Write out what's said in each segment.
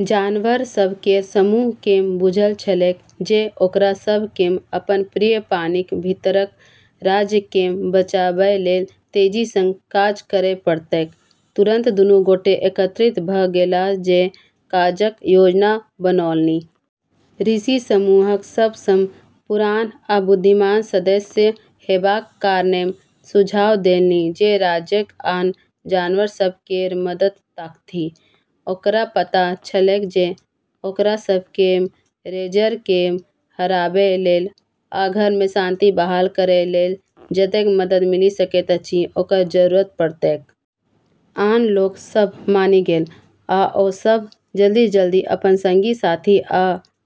जानवर सभ केर समूह केँ बुझल छलैक जे ओकरा सभ केँ अपन प्रिय पानिक भीतरक राज्य केँ बचाबय लेल तेजी सँ काज करय पड़तैक। तुरन्त दुनू गोटे एकत्रित भऽ गेलाह जे काजक योजना बनौलनि। ऋषि समूहक सब सँ पुरान आ बुद्धिमान सदस्य हेबाक कारणेँ सुझाव देलनि जे राज्यक आन जानवर सभ केर मदद ताकथि। ओकरा पता छलैक जे ओकरा सभ केँ रेजर केँ हराबै लेल आ घर मे शांति बहाल करै लेल जतेक मदद मिलि सकैत अछि, ओकर जरूरत पड़तैक। आन लोक सभ मानि गेल, आ ओ सभ जल्दी-जल्दी अपन संगी-साथी आ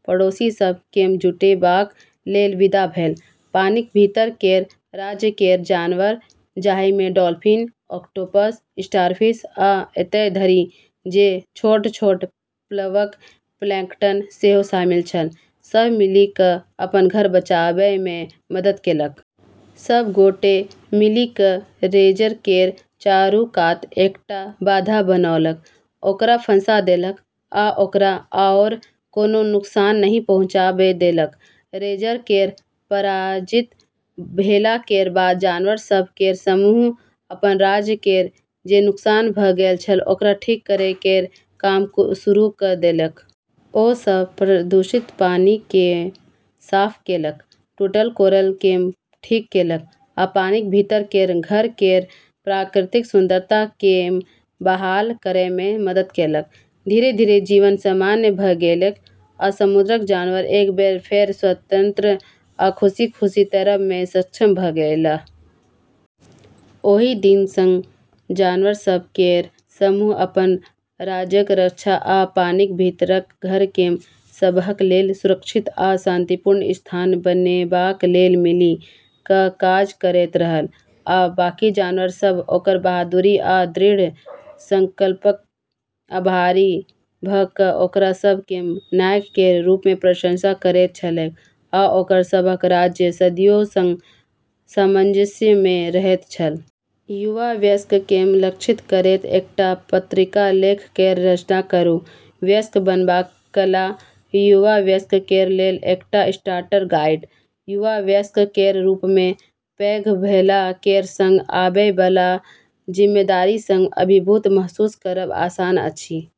पड़ोसी सभ केँ जुटेबाक लेल विदा भेल। पानिक भीतर केर राज्य केर जानवर, जाहि मे डॉल्फिन, ऑक्टोपस, स्टारफिश, आ एतय धरि जे छोट-छोट प्लवक प्लैंकटन सेहो शामिल छल, सभ मिलि कऽ अपन घर बचाबै मे मदद केलक। सभ गोटे मिलि कऽ रेजर केर चारू कात एकटा बाधा बनौलक, ओकरा फँसा देलक आ ओकरा आओर कोनो नुकसान नहि पहुँचाबै देलक। रेजर केर पराजित भेला केर बाद जानवर सभ केर समूह अपन राज्य केर जे नुकसान भऽ गेल छल ओकरा ठीक करै केर काम शुरू कऽ देलक। ओ सभ प्रदूषित पानि केँ साफ केलक, टूटल कोरल केँ ठीक केलक आ पानिक भीतर केर घर केर प्राकृतिक सुंदरता केँ बहाल करय मे मदद केलक। धीरे-धीरे जीवन सामान्य भऽ गेलैक, आ समुद्रक जानवर एक बेर फेर स्वतंत्र आ खुशी-खुशी तैरब मे सक्षम भऽ गेलाह। ओहि दिन सँ जानवर सभ केर समूह अपन राज्यक रक्षा आ पानिक भीतरक घर केँ सबहक लेल सुरक्षित आ शांतिपूर्ण स्थान बनेबाक लेल मिलि कऽ काज करैत रहल आ बाकी जानवर सभ ओकर बहादुरी आ दृढ़ संकल्पक आभारी भऽ कऽ ओकरा सभ केँ नायक केर रूप मे प्रशंसा करैत छलैक आ ओकर सभक राज्य सदियो सँ सामंजस्य मे रहैत छल। युवा वयस्क केँ लक्षित करैत एकटा पत्रिका लेख केर रचना करू। वयस्क बनबाक कला युवा वयस्क केर लेल एकटा स्टार्टर गाइड। युवा वयस्क केर रूप मे, पैघ भेला केर संग आबै बला जिम्मेदारी सँ अभिभूत महसूस करब आसान अछि।